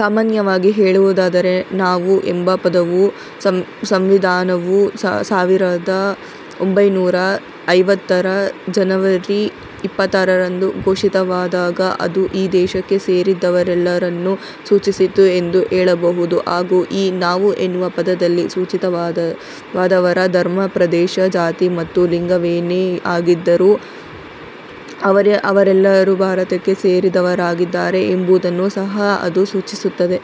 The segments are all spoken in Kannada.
ಸಾಮಾನ್ಯವಾಗಿ ಹೇಳುವುದಾದರೆ 'ನಾವು' ಎಂಬ ಪದವು ಸಂವಿಧಾನವು ಸಾವಿರದ ಒಂಭೈನೂರ ಐವತ್ತರ ಜನವರಿ ಇಪ್ಪತ್ತಾರರಂದು ಘೋಷಿತವಾದಾಗ ಅದು ಈ ದೇಶಕ್ಕೆ ಸೇರಿದವರೆಲ್ಲರನ್ನೂ ಸೂಚಿಸಿತು ಎಂದು ಹೇಳಬಹುದು ಹಾಗೂ ಈ 'ನಾವು' ಎನ್ನುವ ಪದದಲ್ಲಿ ಸೂಚಿತರಾದವರ ಧರ್ಮ, ಪ್ರದೇಶ, ಜಾತಿ ಮತ್ತು ಲಿಂಗಗಳೇನೇ ಆಗಿದ್ದರೂ ಅವರೆಲ್ಲರೂ ಭಾರತಕ್ಕೆ ಸೇರಿದವರಾಗಿದ್ದಾರೆ ಎಂಬುದನ್ನೂ ಸಹ ಅದು ಸೂಚಿಸುತ್ತದೆ.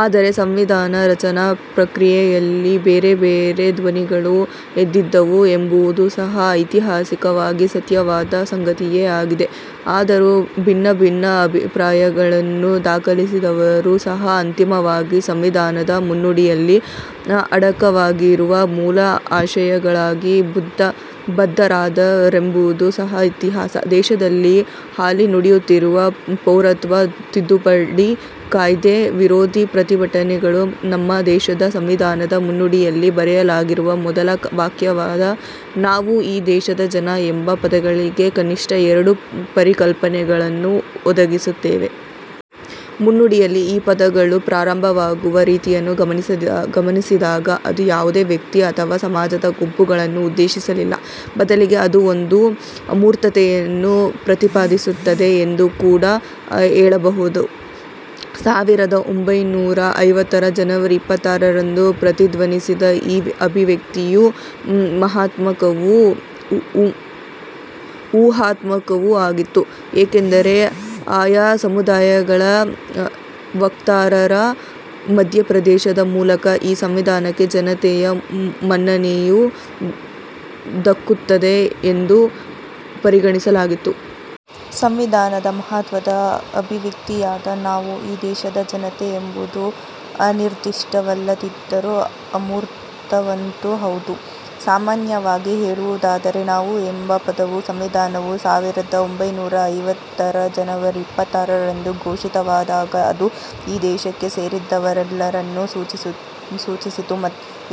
ಆದರೆ ಸಂವಿಧಾನ ರಚನಾ ಪ್ರಕ್ರಿಯೆಯಲ್ಲಿ ಬೇರೆಬೇರೆ ಧ್ವನಿಗಳೂ ಎದ್ದಿದ್ದವು ಎಂಬುದೂ ಸಹ ಐತಿಹಾಸಿಕವಾಗಿ ಸತ್ಯವಾದ ಸಂಗತಿಯೇ ಆಗಿದೆ. ಆದರೂ ಭಿನ್ನಭಿನ್ನ ಅಭಿಪ್ರಾಯಗಳನ್ನು ದಾಖಲಿಸಿದವರೂ ಸಹ ಅಂತಿಮವಾಗಿ ಸಂವಿಧಾನದ ಮುನ್ನುಡಿಯಲ್ಲಿ ಅಡಕವಾಗಿರುವ ಮೂಲ ಆಶಯಗಳಾಗಿ ಬದ್ಧರಾದರೆಂಬುದೂ ಸಹ ಇತಿಹಾಸ. ದೇಶದಲ್ಲಿ ಹಾಲಿ ನಡೆಯುತ್ತಿರುವ ಪೌರತ್ವ ತಿದ್ದುಪಡಿ ಕಾಯ್ದೆ ವಿರೋಧಿ ಪ್ರತಿಭಟನೆಗಳು ನಮ್ಮ ದೇಶದ ಸಂವಿಧಾನದ ಮುನ್ನುಡಿಯಲ್ಲಿ ಬರೆಯಲಾಗಿರುವ ಮೊದಲ ವಾಕ್ಯವಾದ 'ನಾವು ಈ ದೇಶದ ಜನ' ಎಂಬ ಪದಗಳಿಗೆ ಕನಿಷ್ಠ ಎರಡು ಪರಿಕಲ್ಪನೆಗಳನ್ನು ಒದಗಿಸುತ್ತವೆ. ಮುನ್ನುಡಿಯಲ್ಲಿ ಈ ಪದಗಳು ಪ್ರಾರಂಭವಾಗುವ ರೀತಿಯನ್ನು ಗಮನಿಸಿದಾಗ ಅದು ಯಾವುದೇ ವ್ಯಕ್ತಿ ಅಥವಾ ಸಮಾಜದ ಗುಂಪುಗಳನ್ನು ಉದ್ದೇಶಿಸಿಲ್ಲ. ಬದಲಿಗೆ ಅದು ಒಂದು ಅಮೂರ್ತತೆಯನ್ನು ಪ್ರತಿಪಾದಿಸುತ್ತದೆ ಎಂದು ಕೂಡ ಹೇಳಬಹುದು. ಸಾವಿರದ ಒಂಭೈನೂರ ಐವತ್ತರ ಜನವರಿ ಇಪ್ಪತ್ತಾರರಂದು ಪ್ರತಿಧ್ವನಿಸಿದ ಈ ಅಭಿವ್ಯಕ್ತಿಯು ಊಹಾತ್ಮಕವೂ ಆಗಿತ್ತು. ಏಕೆಂದರೆ ಆಯಾ ಸಮುದಾಯಗಳ ವಕ್ತಾರರ ಮಧ್ಯಪ್ರವೇಶದ ಮೂಲಕ ಈ ಸಂವಿಧಾನಕ್ಕೆ ಜನತೆಯ ಮನ್ನಣೆಯು ದಕ್ಕುತ್ತದೆ ಎಂದು ಪರಿಗಣಿಸಲಾಗಿತ್ತು. ಸಂವಿಧಾನದ ಮಹತ್ವದ ಅಭಿವ್ಯಕ್ತಿಯಾದ 'ನಾವು ಈ ದೇಶದ ಜನತೆ' ಎಂಬುದು ಅನಿರ್ದಿಷ್ಟವಲ್ಲದಿದ್ದರೂ ಅಮೂರ್ತವಂತೂ ಹೌದು. ಸಾಮಾನ್ಯವಾಗಿ ಹೇಳುವುದಾದರೆ 'ನಾವು' ಎಂಬ ಪದವು ಸಂವಿಧಾನವು ಸಾವಿರದ ಒಂಭೈನೂರ ಐವತ್ತರ ಜನವರಿ ಇಪ್ಪತ್ತಾರರಂದು ಘೋಷಿತವಾದಾಗ ಅದು ಈ ದೇಶಕ್ಕೆ ಸೇರಿದವರೆಲ್ಲರನ್ನೂ ಸೂಚಿಸಿತು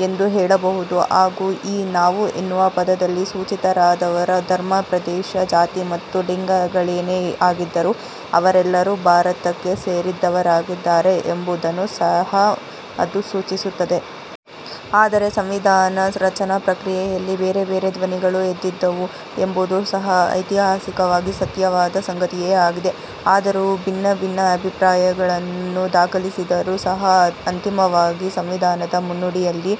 ಎಂದು ಹೇಳಬಹುದು ಹಾಗೂ ಈ 'ನಾವು' ಎನ್ನುವ ಪದದಲ್ಲಿ ಸೂಚಿತರಾದವರ ಧರ್ಮ, ಪ್ರದೇಶ, ಜಾತಿ ಮತ್ತು ಲಿಂಗಗಳೇನೇ ಆಗಿದ್ದರೂ ಅವರೆಲ್ಲರೂ ಭಾರತಕ್ಕೆ ಸೇರಿದವರಾಗಿದ್ದಾರೆ ಎಂಬುದನ್ನೂ ಸಹ ಅದು ಸೂಚಿಸುತ್ತದೆ. ಆದರೆ ಸಂವಿಧಾನ ರಚನಾ ಪ್ರಕ್ರಿಯೆಯಲ್ಲಿ ಬೇರೆಬೇರೆ ಧ್ವನಿಗಳೂ ಎದ್ದಿದ್ದವು ಎಂಬುದೂ ಸಹ ಐತಿಹಾಸಿಕವಾಗಿ ಸತ್ಯವಾದ ಸಂಗತಿಯೇ ಆಗಿದೆ. ಆದರೂ ಭಿನ್ನಭಿನ್ನ ಅಭಿಪ್ರಾಯಗಳನ್ನು ದಾಖಲಿಸಿದವರೂ ಸಹ ಅಂತಿಮವಾಗಿ ಸಂವಿಧಾನದ ಮುನ್ನುಡಿಯಲ್ಲಿ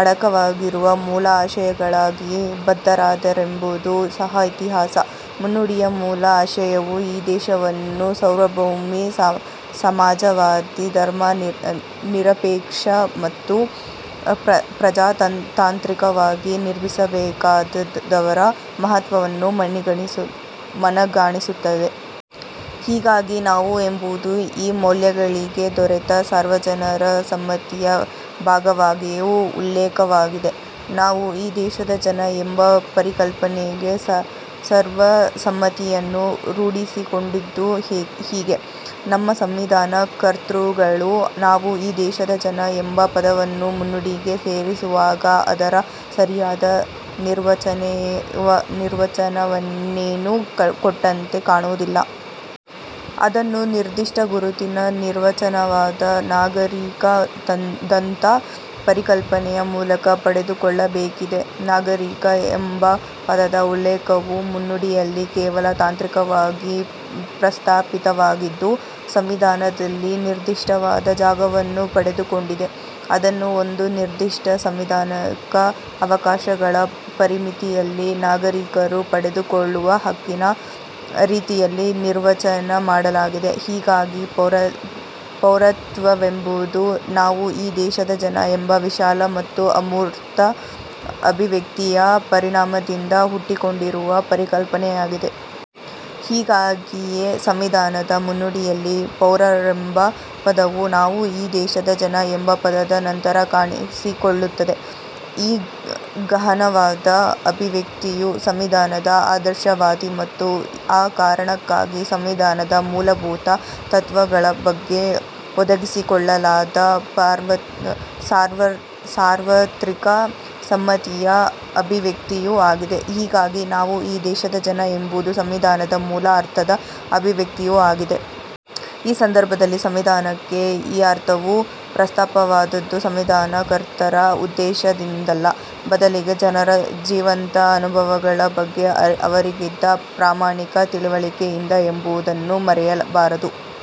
ಅಡಕವಾಗಿರುವ ಮೂಲ ಆಶಯಗಳಾಗಿ ಬದ್ಧರಾದರೆಂಬುದೂ ಸಹ ಇತಿಹಾಸ. ಮುನ್ನುಡಿಯ ಮೂಲ ಆಶಯವು ಈ ದೇಶವನ್ನು ಸಾರ್ವಭೌಮಿ, ಸಮಾಜವಾದಿ, ಧರ್ಮ ನಿರಪೇಕ್ಷ ಮತ್ತು ಪ್ರಜಾತಾಂತ್ರಿಕವಾಗಿ ನಿರ್ಮಿಸಬೇಕಾದುದರ ಮಹತ್ವವನ್ನು ಮನಗಾಣಿಸುತ್ತದೆ. ಹೀಗಾಗಿ 'ನಾವು' ಎಂಬುದು ಈ ಮೌಲ್ಯಗಳಿಗೆ ದೊರೆತ ಸರ್ವಜನರ ಸಮ್ಮತಿಯ ಭಾಗವಾಗಿಯೂ ಉಲ್ಲೇಖವಾಗಿದೆ. 'ನಾವು ಈ ದೇಶದ ಜನ' ಎಂಬ ಪರಿಕಲ್ಪನೆಗೆ ಸರ್ವಸಮ್ಮತಿಯನ್ನು ರೂಢಿಸಿಕೊಂಡಿದ್ದು ಹೀಗೆ. ನಮ್ಮ ಸಂವಿಧಾನ ಕರ್ತೃಗಳು 'ನಾವು ಈ ದೇಶದ ಜನ' ಎಂಬ ಪದವನ್ನು ಮುನ್ನುಡಿಗೆ ಸೇರಿಸುವಾಗ ಅದರ ಸರಿಯಾದ ನಿರ್ವಚನವನ್ನೇನೂ ಕೊಟ್ಟಂತೆ ಕಾಣುವುದಿಲ್ಲ. ಅದನ್ನು ನಿರ್ದಿಷ್ಟ ಗುರುತಿನ ನಿರ್ವಚನವಾದ 'ನಾಗರಿಕ'ದಂಥ ಪರಿಕಲ್ಪನೆಯ ಮೂಲಕ ಪಡೆದುಕೊಳ್ಳಬೇಕಿದೆ. 'ನಾಗರಿಕ' ಎಂಬ ಪದದ ಉಲ್ಲೇಖವು ಮುನ್ನುಡಿಯಲ್ಲಿ ಕೇವಲ ತಾಂತ್ರಿಕವಾಗಿ ಪ್ರಸ್ತಾಪಿತವಾಗಿದ್ದು ಸಂವಿಧಾನದಲ್ಲಿ ನಿರ್ದಿಷ್ಟವಾದ ಜಾಗವನ್ನು ಪಡೆದುಕೊಂಡಿದೆ. ಅದನ್ನು ಒಂದು ನಿರ್ದಿಷ್ಟ ಸಾಂವಿಧಾನಿಕ ಅವಕಾಶಗಳ ಪರಿಮಿತಿಯಲ್ಲಿ ನಾಗರಿಕರು ಪಡೆದುಕೊಳ್ಳುವ ಹಕ್ಕಿನ ರೀತಿಯಲ್ಲಿ ನಿರ್ವಚನ ಮಾಡಲಾಗಿದೆ. ಹೀಗಾಗಿ ಪೌರತ್ವವೆಂಬುದು ''ನಾವು ಈ ದೇಶದ ಜನ'' ಎಂಬ ವಿಶಾಲ ಮತ್ತು ಅಮೂರ್ತ ಅಭಿವ್ಯಕ್ತಿಯ ಪರಿಣಾಮದಿಂದ ಹುಟ್ಟಿಕೊಂಡಿರುವ ಪರಿಕಲ್ಪನೆಯಾಗಿದೆ. ಹೀಗಾಗಿಯೇ ಸಂವಿಧಾನದ ಮುನ್ನುಡಿಯಲ್ಲಿ ಪೌರರೆಂಬ ಪದವು ''ನಾವು ಈ ದೇಶದ ಜನ'' ಎಂಬ ಪದದ ನಂತರ ಕಾಣಿಸಿಕೊಳ್ಳುತ್ತದೆ. ಈ ಗಹನವಾದ ಅಭಿವ್ಯಕ್ತಿಯು ಸಂವಿಧಾನದ ಆದರ್ಶವಾದಿ ಮತ್ತು ಆ ಕಾರಣಕ್ಕಾಗಿ ಸಂವಿಧಾನದ ಮೂಲಭೂತ ತತ್ವಗಳ ಬಗ್ಗೆ ಒದಗಿಸಿಕೊಳ್ಳಲಾದ ಸಾರ್ವತ್ರಿಕ ಸಮ್ಮತಿಯ ಅಭಿವ್ಯಕ್ತಿಯೂ ಆಗಿದೆ. ಹೀಗಾಗಿ ''ನಾವು ಈ ದೇಶದ ಜನ'' ಎಂಬುದು ಸಂವಿಧಾನದ ಮೂಲ ಅರ್ಥದ ಅಭಿವ್ಯಕ್ತಿಯೂ ಆಗಿದೆ. ಈ ಸಂದರ್ಭದಲ್ಲಿ ಸಂವಿಧಾನಕ್ಕೆ ಈ ಅರ್ಥವು ಪ್ರಾಪ್ತವಾದದ್ದು ಸಂವಿಧಾನ ಕರ್ತರ ಉದ್ದೇಶದಿಂದಲ್ಲ, ಬದಲಿಗೆ ಜನರ ಜೀವಂತ ಅನುಭವಗಳ ಬಗ್ಗೆ ಅವರಿಗಿದ್ದ ಪ್ರಾಮಾಣಿಕ ತಿಳಿವಳಿಕೆಯಿಂದ ಎಂಬುದನ್ನು ಮರೆಯಬಾರದು.